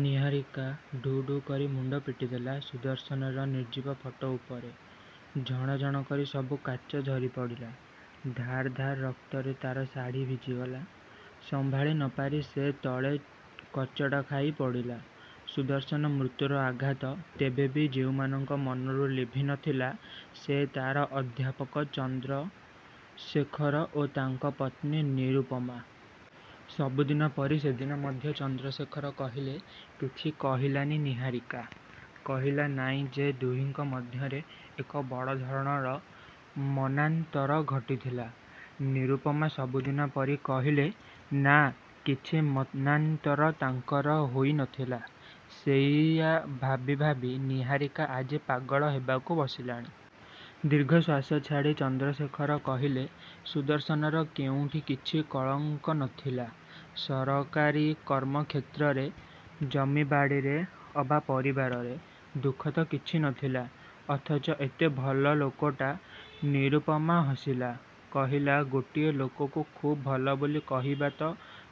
ନିହାରିକା ଢୁ ଢୁ କରି ମୁଣ୍ଡ ପିଟିଦେଲା ସୁଦର୍ଶନର ନିର୍ଜୀବ ଫଟୋ ଉପରେ। ଝଣ ଝଣ କରି ସବୁ କାଚ ଝରିପଡ଼ିଲା। ଧାର ଧାର ରକ୍ତରେ ତାର ଶାଢ଼ି ଭିଜିଗଲା, ସମ୍ଭାଳି ନ ପାରି ସେ ତଳେ କଚଡ ଖାଇ ପଡ଼ିଲା। ସୁଦର୍ଶନ ମୃତ୍ୟୁର ଆଘାତ ତେବେ ବି ଯେଉଁମାନଙ୍କ ମନରୁ ଲିଭି ନ ଥିଲା, ସେ ତାର ଅଧ୍ୟାପକ ବନ୍ଧୁ ଚନ୍ଦ୍ରଶେଖର ଓ ତାଙ୍କର ପତ୍ନୀ ନିରୁପମା। ସବୁ ଦିନ ପରି ସେଦିନ ମଧ୍ୟ ଚନ୍ଦ୍ରଶେଖର କହିଲେ, "କିଛି କହିଲାନି ନିହାରିକା "। କହିଲା ନାଇଁ ଯେ ଦୁହିଁଙ୍କ ମଧ୍ୟରେ ଏକ ବଡ଼ ଧରଣର ମନାନ୍ତର ଘଟିଥିଲା। ନିରୁପମା ସବୁଦିନ ପରି କହିଲେ, ନାଁ, କିଛି ମନାନ୍ତର ତାଙ୍କର ହୋଇ ନ ଥିଲା। ସେଇଆ ଭାବି ଭାବି ନିହାରିକା ଆଜି ପାଗଳ ହେବାକୁ ବସିଲାଣି। ଦୀର୍ଘଶ୍ଵାସ ଛାଡ଼ି ଚନ୍ଦ୍ରଶେଖର କହିଲେ, "ସୁଦର୍ଶନର କେଉଁଠି କିଛି କଳଙ୍କ ନ ଥିଲା। ସରକାରୀ କର୍ମକ୍ଷେତ୍ରରେ, ଜମିବାଡ଼ିରେ ଅବା ପରିବାରରେ, ଦୁଃଖ ତ କିଛି ନ ଥିଲା, ଅଥଚ ଏତେ ଭଲ ଲୋକଟା" ନିରୁପମା ହସିଲା। କହିଲା, ଗୋଟିଏ ଲୋକକୁ ଖୁବ୍ ଭଲ ବୋଲି କହିବା ତ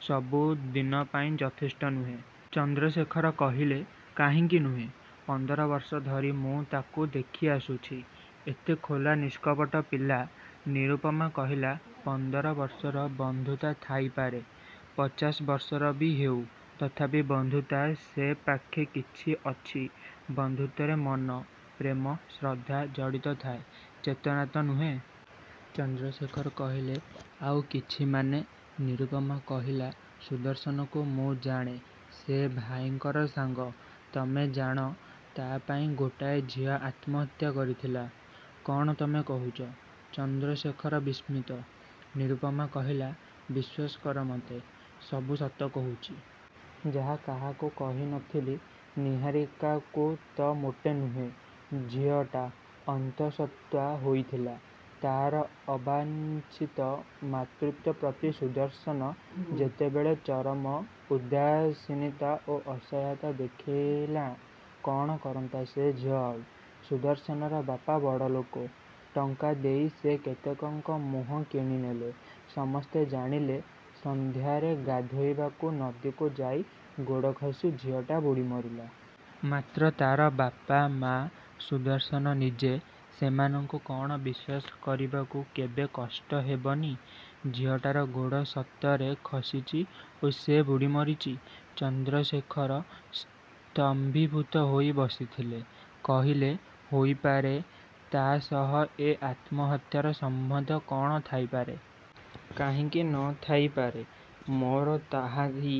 ସବୁ ଦିନ ପାଇଁ ଯଥେଷ୍ଟ ନୁହେଁ। ଚନ୍ଦ୍ରଶେଖର କହିଲେ, "କାହିଁକି ନୁହେଁ? ପନ୍ଦର ବର୍ଷ ଧରି ମୁଁ ତାକୁ ଦେଖିଆସୁଚି। ଏତେ ଖୋଲା ନିଷ୍କପଟ ପିଲା"ନିରୁପମା କହିଲା, "ପନ୍ଦର ବର୍ଷର ବନ୍ଧୁତା ଥାଇପାରେ। ପଚାଶ ବର୍ଷର ବି ହେଉ, ତଥାପି ବନ୍ଧୁତା ସେ ପାଖେ କିଛି ଅଛି ବନ୍ଧୁତ୍ୱରେ ମନ, ପ୍ରେମ, ଶ୍ରଦ୍ଧା ଜଡ଼ିତ ଥାଏ ଚେତନା ତ ନୁହେଁ।" ଚନ୍ଦ୍ରଶେଖର କହିଲେ, "ଆଉ କିଛି ମାନେ?" ନିରୁପମା କହିଲା, "ସୁଦର୍ଶନକୁ ମୁଁ ଜାଣେ ସେ ଭାଇଙ୍କର ସାଙ୍ଗ। ତମେ ଜାଣ, ତା ପାଇଁ ଗୋଟାଏ ଝିଅ ଆତ୍ମହତ୍ୟା କରିଥିଲା" "କ'ଣ ତମେ କହୁଚ?" ଚନ୍ଦ୍ରଶେଖର ବିସ୍ମିତ। ନିରୁପମା କହିଲା, "ବିଶ୍ଵାସ କର ମତେ, ସବୁ ସତ କହୁଚି। ଯାହା କାହାକୁ କହି ନ ଥିଲି, ନିହାରିକାକୁ ତ ମୋଟେ ନୁହେଁ। ଝିଅଟା ଅନ୍ତଃସତ୍ତ୍ଵା ହୋଇଥିଲା। ତାର ଅବାଞ୍ଛିତ ମାତୃତ୍ଵ ପ୍ରତି ସୁଦର୍ଶନ ଯେତେବେଳେ ଚରମ ଉଦାସୀନତା ଓ ଅସହାୟତା ଦେଖାଇଲା କ'ଣ କରନ୍ତା ସେ ଝିଅଟି ଆଉ? ସୁଦର୍ଶନର ବାପା ବଡ଼ଲୋକ, ଟଙ୍କା ଦେଇ ସେ କେତେକଙ୍କ ମୁହଁ କିଣିନେଲେ, ସମସ୍ତେ ଜାଣିଲେ ସନ୍ଧ୍ୟାରେ ଗାଧୋଇବାକୁ ନଦୀକୁ ଯାଇ ଗୋଡ଼ ଖସି ଝିଅଟା ବୁଡ଼ିମଲା। ମାତ୍ର ତାର ବାପା, ମା, ସୁଦର୍ଶନ ନିଜେ ସେମାନଙ୍କୁ କ'ଣ ବିଶ୍ୱାସ କରିବାକୁ କେବେ କଷ୍ଟ ହେବ ନି ଯେ ଝିଅଟାର ଗୋଡ଼ ସତରେ ଖସିଚି ଓ ସେ ବୁଡ଼ି ମରିଚି। ଚନ୍ଦ୍ରଶେଖର ସ୍ତମ୍ଭୀଭୂତ ହୋଇ ବସିଥିଲେ। କହିଲେ, "ହେଇପାରେ, ତା' ସହ ଏ ଆତ୍ମହତ୍ୟାର ସମ୍ବନ୍ଧ କ'ଣ ଥାଇପାରେ?" "କାହିଁକି ନ ଥାଇପାରେ? ମୋର ତାହାହିଁ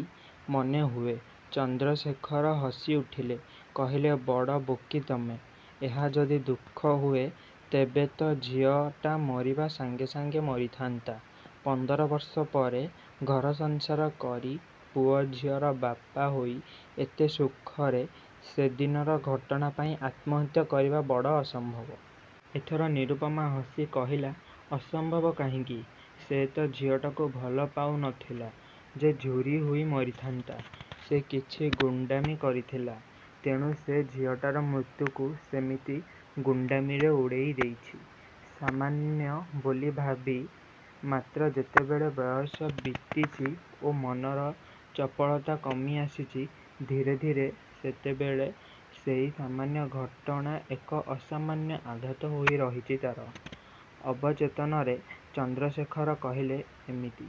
ମନେହୁଏ।" ଚନ୍ଦ୍ରଶେଖର ହସିଉଠିଲେ। କହିଲେ, "ବଡ଼ ବୋକି ତମେ। ଏହା ଯଦି ଦୁଃଖ ହୁଏ, ତେବେ ତ ଝିଅଟା ମରିବା ସାଙ୍ଗେ ସାଙ୍ଗେ ମରିଥାନ୍ତା। ପନ୍ଦର ବର୍ଷ ପରେ, ଘରସଂସାର କରି, ପୁଅଝିଅର ବାପ ହୋଇ, ଏତେ ସୁଖରେ, ସେଦିନର ଘଟଣା ପାଇଁ ଆତ୍ମହତ୍ୟା କରିବା ବଡ଼ ଅସମ୍ଭବ! ଏଥର ନିରୁପମା ହସିଲା, କହିଲା, ଅସମ୍ଭବ କାହିଁକି? ସେ ତ ଝିଅଟାକୁ ଭଲପାଉ ନ ଥିଲା ଯେ ଝୁରି ହେଇ ମରିଥାନ୍ତା। ସେ କିଛି ଗୁଣ୍ଡାମି କରିଥିଲା। ତେଣୁ ସେ ଝିଅଟାର ମୃତ୍ୟୁକୁ ସେମିତି ଗୁଣ୍ଡାମିରେ ଉଡ଼େଇ ଦେଇଚି, ସାମାନ୍ୟ ବୋଲି ଭାବି। ମାତ୍ର ଯେତେବେଳେ ବୟସ ବିତିଚି ଓ ମନର ଚପଳତା କମି ଆସିଚି ଧୀରେ ଧୀରେ, ସେତେବେଳେ ସେଇ ସାମାନ୍ୟ ଘଟଣା, ଏକ ଅସାମାନ୍ୟ ଆଘାତ ହୋଇ ରହିଚି ତାର ଅବଚେତନରେ।"ଚନ୍ଦ୍ରଶେଖର କହିଲେ, "ଏମିତି."